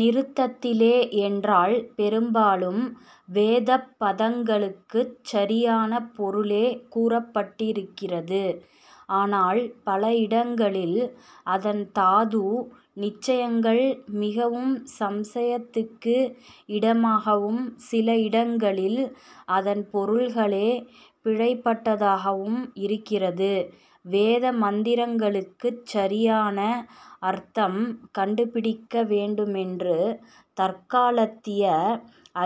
நிருத்தத்திலே என்றால் பெரும்பாலும் வேதப் பதங்களுக்குச் சரியான பொருளே கூறப்பட்டிருக்கிறது. ஆனால், பல இடங்களில் அதன் தாது நிச்சயங்கள் மிகவும் சம்சயத்துக்கு இடமாகவும் சில இடங்களில் அதன் பொருள்களே பிழைபட்டதாகவும் இருக்கிறது. வேத மந்திரங்களுக்குச் சரியான அர்த்தம் கண்டுபிடிக்க வேண்டுமென்று தற்காலத்திய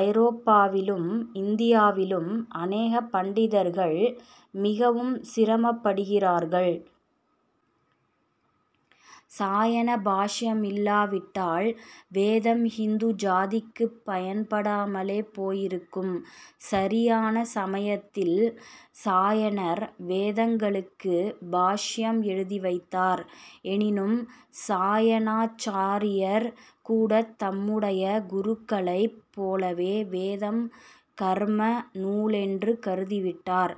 ஐரோப்பாவிலும் இந்தியாவிலும் அநேக பண்டிதர்கள் மிகவும் சிரமப்படுகிறார்கள். சாயண பாஷ்யமில்லாவிட்டால், வேதம் ஹிந்து ஜாதிக்குப் பயன்படாமலே போயிருக்கும். சரியான சமயத்தில் சாயணர் வேதங்களுக்கு பாஷ்யம் எழுதி வைத்தார். எனினும், சாயணாச்சாரியர் கூடத் தம்முடைய குருக்களைப் போலவே வேதம் கர்ம நூலென்று கருதிவிட்டார்.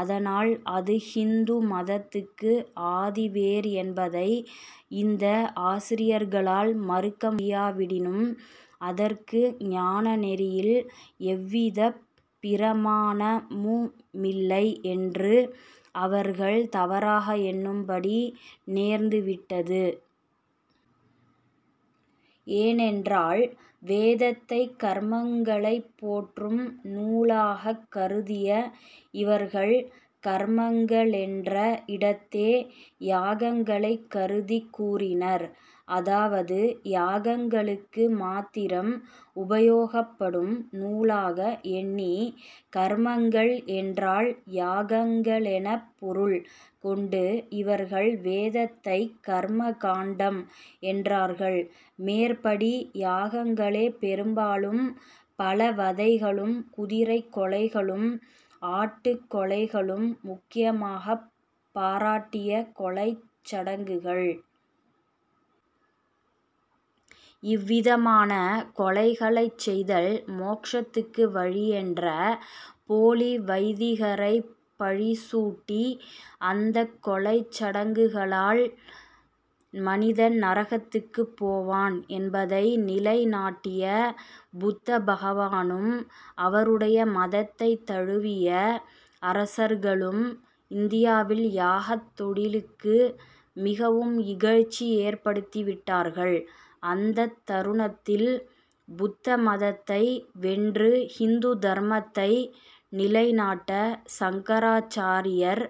அதனால் அது ஹிந்து மதத்துக்கு ஆதிவேர் என்பதை இந்த ஆசாரியர்களால் மறுக்க முடியாவிடினும், அதற்கு ஞானநெறியில் எவ்விதப் பிரமாணமுமில்லை யென்று அவர்கள் தவறாக எண்ணும்படி நேர்ந்து விட்டது. ஏனென்றால், வேதத்தைக் கர்மங்களைப் போற்றும் நூலாகக் கருதிய இவர்கள் கர்மங்களென்ற இடத்தே யாகங்களைக் கருதிக் கூறினர். அதாவது, யாகங்களுக்கு மாத்திரம் உபயோகப்படும் நூலாக எண்ணி, கர்மங்கள் என்றால் யாகங்களெனப் பொருள் கொண்டு இவர்கள் வேதத்தைக் கர்ம காண்டம் என்றார்கள். மேற்படி யாகங்களே பெரும்பாலும் பல வதைகளும், குதிரைக் கொலைகளும், ஆட்டுக் கொலைகளும் முக்கியமாகப் பாராட்டிய கொலைச் சடங்குகள். இவ்விதமான கொலைகளைச் செய்தல் மோக்ஷத்துக்கு வழியென்ற போலி வைதிகரைப் பழிசூட்டி, அந்தக் கொலைச் சடங்குளால் மனிதன் நரகத்துக்குப் போவான் என்பதை நிலை நாட்டிய புத்த பகவானும், அவருடைய மதத்தைத் தழுவிய அரசர்களும் இந்தியாவில் யாகத் தொழிலுக்கு மிகவும் இகழ்ச்சி ஏற்படுத்திவிட்டார்கள். அந்தத் தருணத்தில் புத்த மதத்தை வென்று ஹிந்து தர்மத்தை நிலை நாட்ட சங்கராசாரியர்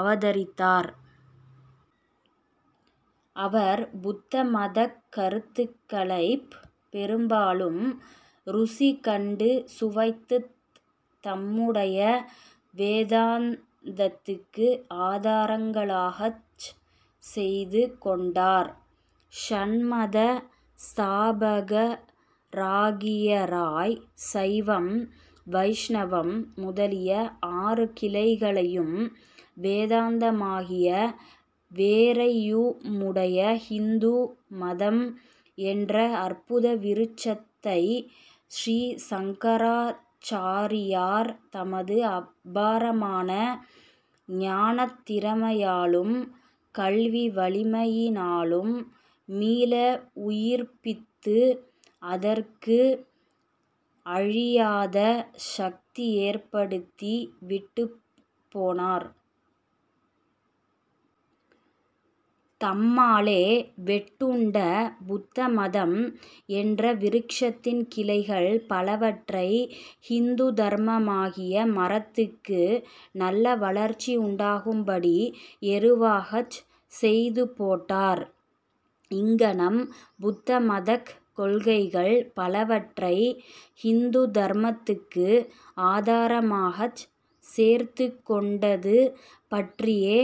அவதரித்தார். அவர் புத்தமதக் கருத்துக்களைப் பெரும்பாலும் ருசி கண்டு சுவைத்துத் தம்முடைய வேதாந்தத்துக்கு ஆதாரங்களாகச் செய்து கொண்டார். ஷண்மத ஸ்தாபகராகியராய், சைவம், வைஷ்ணவம் முதலிய ஆறு கிளைகளையும் வேதாந்தமாகிய வேரையுமுடைய ஹிந்து மதம் என்ற அற்புத விருட்சத்தை ஸ்ரீ சங்கராச்சாரியார் தமது அபாரமான ஞானத் திறமையாலும் கல்வி வலிமையினாலும் மீள உயிர்ப்பித்து அதற்கு அழியாத சக்தி ஏற்படுத்தி விட்டுப் போனார். தம்மாலே வெட்டுண்ட புத்த மதம் என்ற விருக்ஷத்தின் கிளைகள் பலவற்றை ஹிந்து தர்மமாகிய மரத்துக்கு நல்ல வளர்ச்சி உண்டாகும்படி எருவாகச் செய்து போட்டார். இங்ஙனம் புத்த மதக் கொள்கைகள் பலவற்றை ஹிந்து தர்மத்துக்கு ஆதரமாகச் சேர்த்துக்கொண்டது பற்றியே,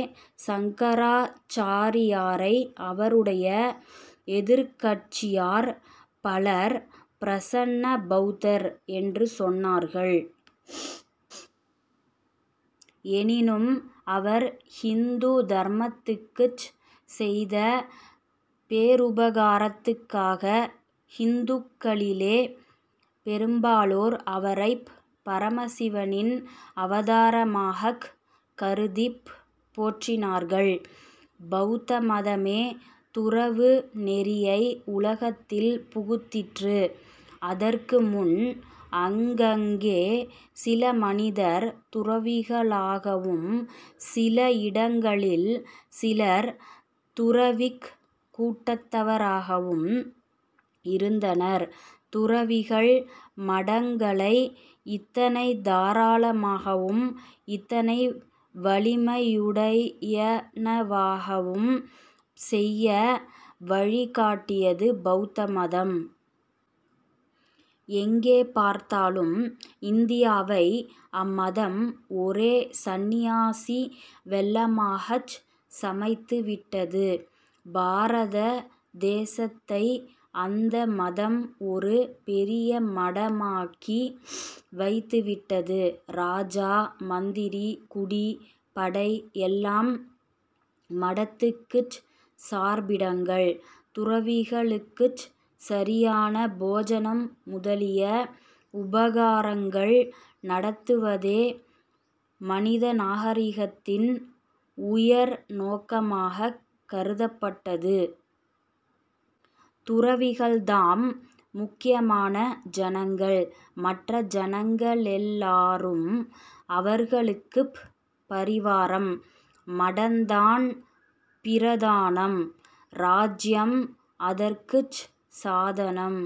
சங்கராச்சாரியாரை அவருடைய எதிர்க்கட்சியார் பலர் 'பிரசன்ன பௌத்தர்' என்று சொன்னார்கள். எனினும் அவர் ஹிந்து தர்மத்துக்குச் செய்த பேருபகாரத்துக்காக ஹிந்துக்களிலே பெரும்பாலோர் அவரைப் பரமசிவனின் அவதாரமாகக் கருதிப் போற்றினார்கள். பௌத்த மதமே துறவு நெறியை உலகத்தில் புகுத்திற்று. அதற்கு முன் அங்கங்கே சில மனிதர் துறவிகளாகவும் சில இடங்களில் சிலர் துறவிக் கூட்டத்தவராகவும் இருந்தனர். துறவிகள் மடங்களை இத்தனை தாராளமாகவும் இத்தனை வலிமையுடையனவாகவும் செய்ய வழி காட்டியது பௌத்த மதம். எங்கே பார்த்தாலும் இந்தியாவை அம்மதம் ஒரே சந்நியாசி வெள்ளமாகச் சமைத்துவிட்டது. பாரத தேசத்தை அந்த மதம் ஒரு பெரிய மடமாக்கி வைத்துவிட்டது. ராஜா, மந்திரி, குடி, படை எல்லாம் மடத்துக்குச் சார்பிடங்கள். துறவிகளுக்குச் சரியான போஜனம் முதலிய உபகாரங்கள் நடத்துவதே மனித நாகரிகத்தின் உயர் நோக்கமாக கருதப்பட்டது. துறவிகள் தாம் முக்கியமான ஜனங்கள்! மற்ற ஜனங்களெல்லாரும் அவர்களுக்குப் பரிவாரம்! மடந்தான் பிரதானம். ராஜ்யம் அதற்குச் சாதனம்.